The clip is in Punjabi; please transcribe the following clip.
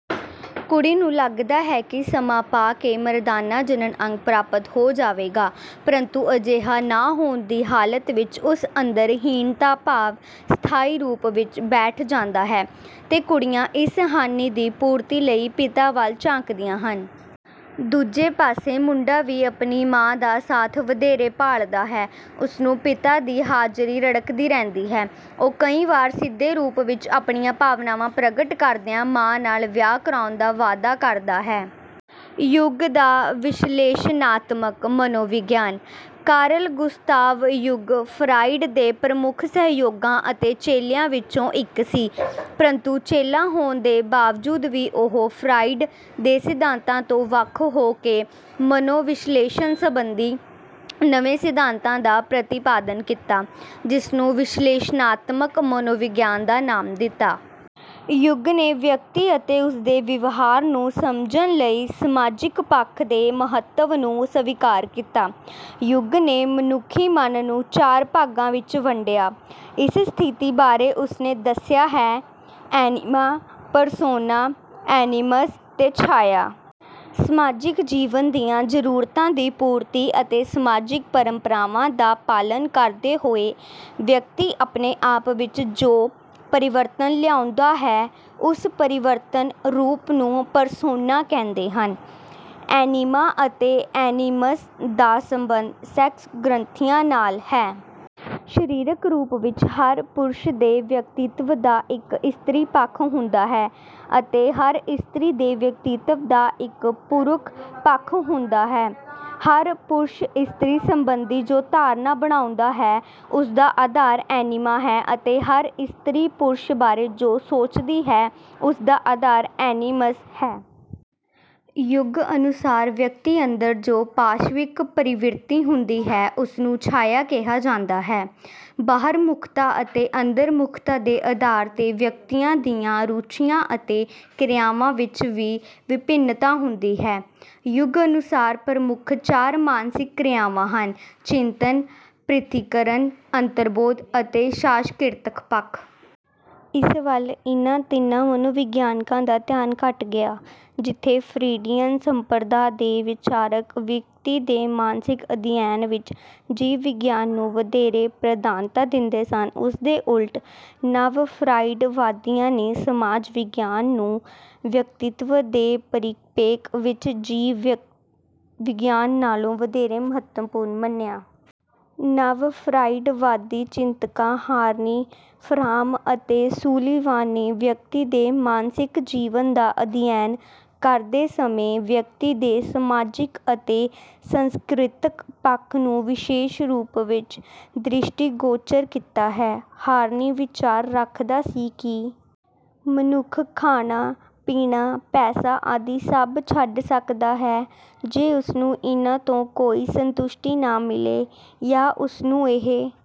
ਕੁੜੀ ਨੂੰ ਲੱਗਦਾ ਹੈ ਕਿ ਸਮਾਂ ਪਾ ਕੇ ਮਰਦਾਨਾ ਜਣਨ ਅੰਗ ਪ੍ਰਾਪਤ ਹੋ ਜਾਵੇਗਾ, ਪ੍ਰੰਤੂ ਅਜਿਹਾ ਨਾ ਹੋਣ ਦੀ ਹਾਲਤ ਵਿੱਚ ਉਸ ਅੰਦਰ ਹੀਨਤਾ ਭਾਵ ਸਥਾਈ ਰੂਪ ਵਿੱਚ ਬੈਠ ਜਾਂਦਾ ਹੈ ਤੇ ਕੁੜੀਆਂ ਇਸ ਹਾਨੀ ਦੀ ਪੂਰਤੀ ਲਈ ਪਿਤਾ ਵੱਲ ਝੁਕਦੀਆਂ ਹਨ। ਦੂਜੇ ਪਾਸੇ ਮੁੰਡਾ ਵੀ ਆਪਣੀ ਮਾਂ ਦਾ ਸਾਥ ਵਧੇਰੇ ਭਾਲਦਾ ਹੈ। ਉਸਨੂੰ ਪਿਤਾ ਦੀ ਹਾਜ਼ਰੀ ਰੜਕਦੀ ਰਹਿੰਦੀ ਹੈ। ਉਹ ਕਈ ਵਾਰ ਸਿੱਧੇ ਰੂਪ ਵਿੱਚ ਆਪਣੀਆਂ ਭਾਵਨਾਵਾਂ ਪ੍ਰਗਟ ਕਰਦਿਆਂ ਮਾਂ ਨਾਲ ਵਿਆਹ ਕਰਵਾਉਣ ਦਾ ਵਾਅਦਾ ਕਰਦਾ ਹੈ। ਯੁੰਗ ਦਾ ਵਿਸ਼ਲੇਸ਼ਣਾਤਮਕ ਮਨੋਵਿਗਿਆਨ: ਕਾਰਲ ਗੁਸਤਾਵ ਯੁੰਗ ਫਰਾਇਡ ਦੇ ਪ੍ਰਮੁੱਖ ਸਹਿਯੋਗੀਆਂ ਅਤੇ ਚੇਲਿਆਂ ਵਿੱਚੋਂ ਇੱਕ ਸੀ, ਪ੍ਰੰਤੂ ਚੇਲਾ ਹੋਣ ਦੇ ਬਾਵਜੂਦ ਵੀ ਉਹ ਫਰਾਇਡ ਦੇ ਸਿਧਾਂਤਾਂ ਤੋਂ ਵੱਖ ਹੋ ਕੇ ਮਨੋਵਿਸ਼ਲੇਸ਼ਣ ਸੰਬੰਧੀ ਨਵੇਂ ਸਿਧਾਂਤਾਂ ਦਾ ਪ੍ਰਤੀਪਾਦਨ ਕੀਤਾ, ਜਿਸਨੂੰ ਵਿਸ਼ਲੇਸ਼ਣਾਤਮਕ ਮਨੋਵਿਗਿਆਨ ਦਾ ਨਾਮ ਦਿੱਤਾ। ਯੁੰਗ ਨੇ ਵਿਅਕਤੀ ਅਤੇ ਉਸਦੇ ਵਿਵਹਾਰ ਨੂੰ ਸਮਝਣ ਲਈ ਸਮਾਜਿਕ ਪੱਖ ਦੇ ਮਹੱਤਵ ਨੂੰ ਸਵੀਕਾਰ ਕੀਤਾ। ਯੁੰਗ ਨੇ ਮਨੁੱਖੀ ਮਨ ਨੂੰ ਚਾਰ ਭਾਗਾਂ ਵਿੱਚ ਵੰਡਿਆ। ਇਸ ਸਥਿਤੀ ਬਾਰੇ ਉਸਨੇ ਦੱਸਿਆ ਹੈ: ਐਨੀਮਾ, ਪਰਸੋਨਾ, ਐਨੀਮਸ ਤੇ ਛਾਇਆ। ਸਮਾਜਿਕ ਜੀਵਨ ਦੀਆਂ ਜ਼ਰੂਰਤਾਂ ਦੀ ਪੂਰਤੀ ਅਤੇ ਸਮਾਜਿਕ ਪਰੰਪਰਾਵਾਂ ਦਾ ਪਾਲਣ ਕਰਦੇ ਹੋਏ ਵਿਅਕਤੀ ਅਪਣੇ ਆਪ ਵਿੱਚ ਜੋ ਪਰਿਵਰਤਨ ਲਿਆਉਂਦਾ ਹੈ, ਉਸ ਪਰਿਵਰਤਿਤ ਰੂਪ ਨੂੰ ਪਰਸੋਨਾ ਕੈਂਦੇ ਹਨ। ਐਨੀਮਾ ਅਤੇ ਐਨੀਮਸ ਦਾ ਸੰਬੰਧ ਸੈਕਸ ਗ੍ਰੰਥੀਆਂ ਨਾਲ ਹੈ। ਸਰੀਰਿਕ ਰੂਪ ਵਿੱਚ ਹਰ ਪੁਰਸ਼ ਦੇ ਵਿਅਕਤਿਤਵ ਦਾ ਇੱਕ ਇਸਤਰੀ ਪੱਖ ਹੁੰਦਾ ਹੈ ਅਤੇ ਹਰ ਇਸਤਰੀ ਦੇ ਵਿਅਕਤਿਤਵ ਦਾ ਇੱਕ ਪੁਰਖ ਪੱਖ ਹੁੰਦਾ ਹੈ। ਹਰ ਪੁਰਸ਼ ਇਸਤਰੀ ਸੰਬੰਧੀ ਜੋ ਧਾਰਨਾ ਬਣਾਉਂਦਾ ਹੈ, ਉਸਦਾ ਆਧਾਰ ਐਨੀਮਾ ਹੈ ਅਤੇ ਹਰ ਇਸਤਰੀ ਪੁਰਸ਼ ਬਾਰੇ ਜੋ ਸੋਚਦੀ ਹੈ, ਉਸਦਾ ਆਧਾਰ ਐਨੀਮਸ ਹੈ। ਯੁੰਗ ਅਨੁਸਾਰ ਵਿਅਕਤੀ ਅੰਦਰ ਜੋ ਪਾਸ਼ਵਿਕ ਪ੍ਰਵਿਰਤੀ ਹੁੰਦੀ ਹੈ, ਉਸਨੂੰ ਛਾਇਆ ਕਿਹਾ ਜਾਂਦਾ ਹੈ। ਬਾਹਰਮੁਖਤਾ ਅਤੇ ਅੰਤਰਮੁਖਤਾ ਦੇ ਆਧਾਰ ਤੇ ਵਿਅਕਤੀਆਂ ਦੀਆਂ ਰੁਚੀਆਂ ਅਤੇ ਕ੍ਰਿਆਵਾਂ ਵਿੱਚ ਵੀ ਵਿਭਿੰਨਤਾ ਹੁੰਦੀ ਹੈ। ਯੁੰਗ ਅਨੁਸਾਰ ਪ੍ਰਮੁੱਖ ਚਾਰ ਮਾਨਸਿਕ ਕ੍ਰਿਆਵਾਂ ਹਨ: ਚਿੰਤਨ, ਪ੍ਰੀਥੀਕਰਨ, ਅੰਤਰਬੋਧ ਅਤੇ ਸ਼ਾਸਕ੍ਰਿਤਕ ਪੱਖ। ਇਸ ਵੱਲ ਇਨ੍ਹਾਂ ਤਿੰਨਾਂ ਮਨੋਵਿਗਿਆਨਕਾਂ ਦਾ ਧਿਆਨ ਘੱਟ ਗਿਆ। ਜਿੱਥੇ ਫਰੀਡੀਅਨ ਸੰਪਰਦਾ ਦੇ ਵਿਚਾਰਕ ਵਿਅਕਤੀ ਦੇ ਮਾਨਸਿਕ ਅਧਿਐਨ ਵਿੱਚ ਜੀਵ ਵਿਗਿਆਨ ਨੂੰ ਵਧੇਰੇ ਪ੍ਰਧਾਨਤਾ ਦਿੰਦੇ ਸਨ, ਉਸਦੇ ਉਲਟ ਨਵ-ਫਰਾਇਡਵਾਦੀਆਂ ਨੇ ਸਮਾਜ ਵਿਗਿਆਨ ਨੂੰ ਵਿਅਕਤਿਤਵ ਦੇ ਪਰਿਪੇਖ ਵਿੱਚ ਜੀਵ ਵਿਗਿਆਨ ਨਾਲੋਂ ਵਧੇਰੇ ਮਹੱਤਵਪੂਰਨ ਮੰਨਿਆ। ਨਵ-ਫਰਾਇਡਵਾਦੀ ਚਿੰਤਕਾਂ ਹਾਰਨੀ, ਫਰਾਮ ਅਤੇ ਸੂਲੀਵਾਨ ਨੇ ਵਿਯਕਤੀ ਦੇ ਮਾਨਸਿਕ ਜੀਵਨ ਦਾ ਅਧਿਐਨ ਕਰਦੇ ਸਮੇਂ ਵਿਅਕਤੀ ਦੇ ਸਮਾਜਿਕ ਅਤੇ ਸਸਕ੍ਰਿਤਕ ਪੱਖ ਨੂੰ ਵਿਸ਼ੇਸ਼ ਰੂਪ ਵਿੱਚ ਦ੍ਰਿਸ਼ਟੀਗੋਚਰ ਕੀਤਾ ਹੈ। ਹਾਰਨੀ ਵਿਚਾਰ ਰੱਖਦਾ ਸੀ ਕਿ ਮਨੁੱਖ ਖਾਣਾ, ਪੀਣਾ, ਪੈਸਾ ਆਦਿ ਸਭ ਛੱਡ ਸਕਦਾ ਹੈ ਜੇ ਉਸਨੂੰ ਇਨ੍ਹਾਂ ਤੋਂ ਕੋਈ ਸੰਤੁਸ਼ਟੀ ਨਾ ਮਿਲੇ ਜਾਂ ਉਸਨੂੰ ਇਹ